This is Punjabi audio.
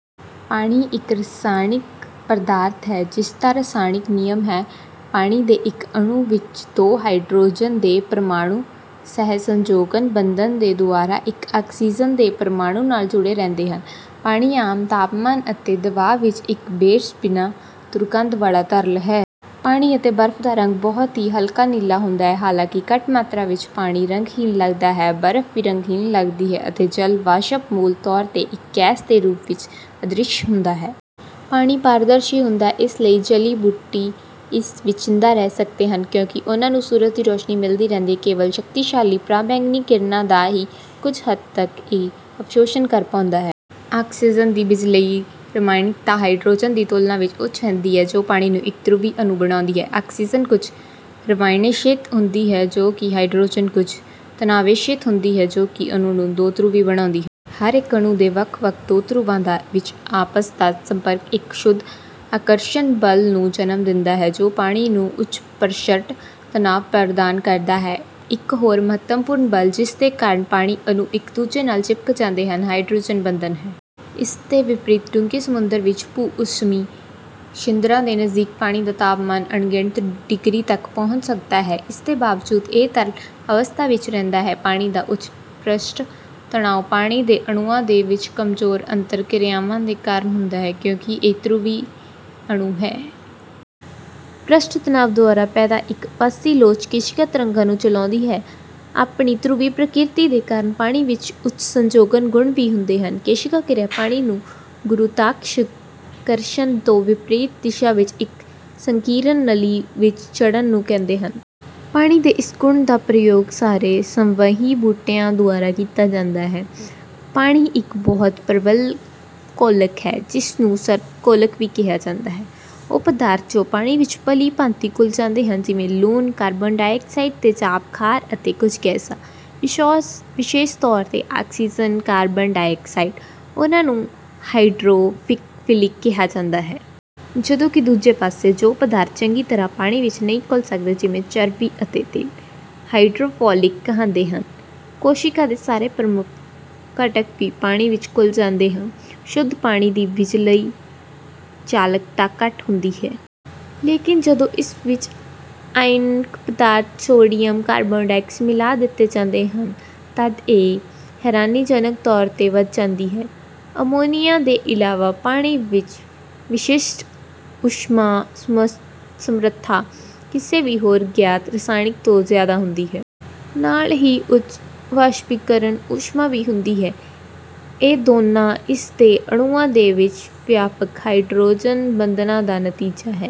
ਪਾਣੀ ਇੱਕ ਰਸਾਇਣਕ ਪਦਾਰਥ ਹੈ ਜਿਸਦਾ ਰਸਾਇਣਕ ਨਿਯਮ ਹੈ: ਪਾਣੀ ਦੇ ਇੱਕ ਅਣੂ ਵਿੱਚ ਦੋ ਹਾਈਡਰੋਜਨ ਦੇ ਪਰਮਾਣੁ ਸਹਿਸੰਯੋਜਕ ਬੰਧਨ ਦੇ ਦੁਆਰਾ ਇੱਕ ਆਕਸੀਜਨ ਦੇ ਪਰਮਾਣੁ ਨਾਲ ਜੁੜੇ ਰਹਿੰਦੇ ਹਨ। ਪਾਣੀ ਆਮ ਤਾਪਮਾਨ ਅਤੇ ਦਬਾਅ ਵਿੱਚ ਇੱਕ ਬੇਰਸ, ਬਿਨਾਂ ਦੁਰਗੰਧ ਵਾਲਾ ਤਰਲ ਹੈ। ਪਾਣੀ ਅਤੇ ਬਰਫ ਦਾ ਰੰਗ ਬਹੁਤ ਹੀ ਹਲਕਾ ਨੀਲਾ ਹੁੰਦਾ ਹੈ, ਹਾਲਾਂਕਿ ਘੱਟ ਮਾਤਰਾ ਵਿੱਚ ਪਾਣੀ ਰੰਗਹੀਨ ਲੱਗਦਾ ਹੈ। ਬਰਫ ਵੀ ਰੰਗਹੀਨ ਲੱਗਦੀ ਹੈ, ਅਤੇ ਜਲ ਵਾਸ਼ਪ ਮੂਲ ਤੌਰ 'ਤੇ ਇੱਕ ਗੈਸ ਦੇ ਰੂਪ ਵਿੱਚ ਅਦ੍ਰਿਸ਼ ਹੁੰਦਾ ਹੈ। ਪਾਣੀ ਪਾਰਦਰਸ਼ੀ ਹੁੰਦਾ ਹੈ, ਇਸ ਲਈ ਜਲੀ ਬੂਟੇ ਇਸ ਵਿੱਚ ਜਿੰਦਾ ਰਹਿ ਸਕਦੇ ਹਨ ਕਿਉਂਕਿ ਉਹਨਾਂ ਨੂੰ ਸੂਰਜ ਦੀ ਰੋਸ਼ਨੀ ਮਿਲਦੀ ਰਹਿੰਦੀ ਹੈ। ਕੇਵਲ ਸ਼ਕਤੀਸ਼ਾਲੀ ਪਰਾਬੈਂਗਨੀ ਕਿਰਨਾਂ ਦਾ ਹੀ ਕੁੱਝ ਹੱਦ ਤੱਕ ਇਹ ਅਵਸ਼ੋਸ਼ਣ ਕਰ ਪਾਉਂਦਾ ਹੈ। ਆਕਸੀਜਨ ਦੀ ਬਿਜਲਈ ਰਿਣਾਤਮਕਤਾ ਹਾਈਡਰੋਜਨ ਦੀ ਤੁਲਣਾ ਵਿੱਚ ਉੱਚ ਹੁੰਦੀ ਹੈ ਜੋ ਪਾਣੀ ਨੂੰ ਇੱਕ ਧਰੁਵੀ ਅਣੂ ਬਣਾਉਂਦੀ ਹੈ। ਆਕਸੀਜਨ ਕੁੱਝ ਰਿਣਾਵੇਸ਼ਿਤ ਹੁੰਦੀ ਹੈ, ਜਦੋਂ ਕਿ ਹਾਈਡਰੋਜਨ ਕੁੱਝ ਧਨਾਵੇਸ਼ਿਤ ਹੁੰਦੀ ਹੈ ਜੋ ਅਣੂ ਨੂੰ ਦੋਧਰੁਵੀ ਬਣਾਉਂਦੀ ਹੈ। ਹਰ ਇੱਕ ਅਣੂ ਦੇ ਵੱਖ ਵੱਖ ਦੋ ਧਰੁਵਾਂ ਦਾ ਵਿੱਚ ਆਪਸ ਦਾ ਸੰਪਰਕ ਇੱਕ ਸ਼ੁੱਧ ਆਕਰਸ਼ਣ ਬਲ ਨੂੰ ਜਨਮ ਦਿੰਦਾ ਹੈ ਜੋ ਪਾਣੀ ਨੂੰ ਉੱਚ ਪ੍ਰਸ਼ਟ ਤਨਾਵ ਪ੍ਰਦਾਨ ਕਰਦਾ ਹੈ। ਇੱਕ ਹੋਰ ਮਹੱਤਵਪੂਰਨ ਬਲ ਜਿਸਦੇ ਕਾਰਨ ਪਾਣੀ ਅਣੂ ਇੱਕ ਦੂਜੇ ਨਾਲ ਚਿਪਕ ਜਾਂਦੇ ਹਨ, ਹਾਈਡਰੋਜਨ ਬੰਧਨ ਹੈ। ਇਸ ਦੇ ਵਿਪਰੀਤ ਡੂੰਘੇ ਸਮੁੰਦਰ ਵਿੱਚ ਭੂ – ਊਸ਼ਮੀ ਛਿਦਰਾਂ ਦੇ ਨਜ਼ਦੀਕ ਪਾਣੀ ਦਾ ਤਾਪਮਾਨ ਅਣਗਿਣਤ ਡਿਗਰੀ ਤੱਕ ਪਹੁੰਚ ਸਕਦਾ ਹੈ ਇਸ ਦੇ ਬਾਵਜੂਦ ਇਹ ਤਰਲ ਅਵਸਥਾ ਵਿੱਚ ਰਹਿੰਦਾ ਹੈ। ਪਾਣੀ ਦਾ ਉੱਚ ਪ੍ਰਸ਼ਟ ਤਣਾਉ, ਪਾਣੀ ਦੇ ਅਣੂਆਂ ਦੇ ਵਿੱਚ ਕਮਜੋਰ ਅੰਤਰ ਕਿਰਿਆਵਾਂ ਦੇ ਕਾਰਨ ਹੁੰਦਾ ਹੈ ਕਿਉਂਕਿ ਇਹ ਇੱਕ ਧਰੁਵੀ ਅਣੂ ਹੈ। ਪ੍ਰਸ਼ਟ ਤਨਾਵ ਦੁਆਰਾ ਪੈਦਾ ਇਹ ਆਭਾਸੀ ਲੋਚ, ਕੇਸ਼ਿਕਾ ਤਰੰਗਾਂ ਨੂੰ ਚਲਾਂਦੀ ਹੈ। ਆਪਣੀ ਧਰੁਵੀ ਪ੍ਰਕ੍ਰਿਤੀ ਦੇ ਕਾਰਨ ਪਾਣੀ ਵਿੱਚ ਉੱਚ ਸੰਯੋਜਕ ਗੁਣ ਵੀ ਹੁੰਦੇ ਹਨ। ਕੇਸ਼ਿਕਾ ਕਿਰਿਆ, ਪਾਣੀ ਨੂੰ ਗੁਰੁਤਾਕਰਸ਼ਣ ਤੋਂ ਵਿਪਰੀਤ ਦਿਸ਼ਾ ਵਿੱਚ ਇੱਕ ਸੰਕੀਰਣ ਨਲੀ ਵਿੱਚ ਚੜ੍ਹਨ ਨੂੰ ਕਹਿੰਦੇ ਹਨ। ਪਾਣੀ ਦੇ ਇਸ ਗੁਣ ਦਾ ਪ੍ਰਯੋਗ ਸਾਰੇ ਸੰਵਹਨੀ ਬੂਟਿਆਂ ਦੁਆਰਾ ਕੀਤਾ ਜਾਂਦਾ ਹੈ। ਪਾਣੀ ਇੱਕ ਬਹੁਤ ਪ੍ਰਬਲ ਘੋਲਕ ਹੈ, ਜਿਸ ਨੂੰ ਸਰਵ ਘੋਲਕ ਵੀ ਕਿਹਾ ਜਾਂਦਾ ਹੈ। ਉਹ ਪਦਾਰਥ ਜੋ ਪਾਣੀ ਵਿੱਚ ਭਲੀ ਭਾਂਤੀ ਘੁਲ ਜਾਂਦੇ ਹਨ ਜਿਵੇਂ ਲੂਣ, ਕਾਰਬੋਹਾਈਡ੍ਰੇਟਸ, ਤੇਜਾਬ, ਖਾਰ, ਅਤੇ ਕੁੱਝ ਗੈਸਾਂ ਵਿਸ਼ੇਸ਼ ਤੌਰ 'ਤੇ ਆਕਸੀਜਨ, ਕਾਰਬਨ ਡਾਇਆਕਸਾਈਡ ਉਹਨਾਂ ਨੂੰ ਹਾਈਡਰੋਫਿਲਿਕ ਕਿਹਾ ਜਾਂਦਾ ਹੈ। ਜਦੋਂ ਕਿ ਦੂਜੇ ਪਾਸੇ ਜੋ ਪਦਾਰਥ ਚੰਗੀ ਤਰ੍ਹਾਂ ਪਾਣੀ ਵਿੱਚ ਨਹੀਂ ਘੁਲ ਸਕਦੇ ਜਿਵੇਂ ਚਰਬੀ ਅਤੇ ਤੇਲ, ਹਾਈਡਰੋਫੋਬਿਕ ਕਹਾਂਦੇ ਹਨ। ਕੋਸ਼ਿਕਾ ਦੇ ਸਾਰੇ ਪ੍ਰਮੁੱਖ ਘਟਕ ਵੀ ਪਾਣੀ ਵਿੱਚ ਘੁਲ ਜਾਂਦੇ ਹਨ। ਸ਼ੁੱਧ ਪਾਣੀ ਦੀ ਬਿਜਲਈ ਚਾਲਕਤਾ ਘੱਟ ਹੁੰਦੀ ਹੈ। ਲੇਕਿਨ ਜਦੋਂ ਇਸ ਵਿੱਚ ਆਇਨਕ ਪਦਾਰਥ ਸੋਡੀਅਮ ਕਲੋਰਾਈਡ ਮਿਲਾ ਦਿੰਦੇ ਹਨ ਤੱਦ ਇਹ ਹੈਰਾਨੀਜਨਕ ਤੌਰ 'ਤੇ ਵੱਧ ਜਾਂਦੀ ਹੈ। ਅਮੋਨੀਆ ਦੇ ਇਲਾਵਾ, ਪਾਣੀ ਦੀ ਵਿਸ਼ਿਸ਼ਟ ਊਸ਼ਮਾ ਸਮਰੱਥਾ ਕਿਸੇ ਵੀ ਹੋਰ ਗਿਆਤ ਰਸਾਇਣ ਤੋਂ ਜਿਆਦਾ ਹੁੰਦੀ ਹੈ। ਨਾਲ ਹੀ ਉੱਚ ਵਾਸ਼ਪੀਕਰਨ ਊਸ਼ਮਾ ਵੀ ਹੁੰਦੀ ਹੈ। ਇਹ ਦੋਨਾਂ ਇਸ ਦੇ ਅਣੂਆਂ ਦੇ ਵਿੱਚ ਵਿਆਪਕ ਹਾਇਡਰੋਜਨ ਬੰਧਨਾਂ ਦਾ ਨਤੀਜਾ ਹੈ।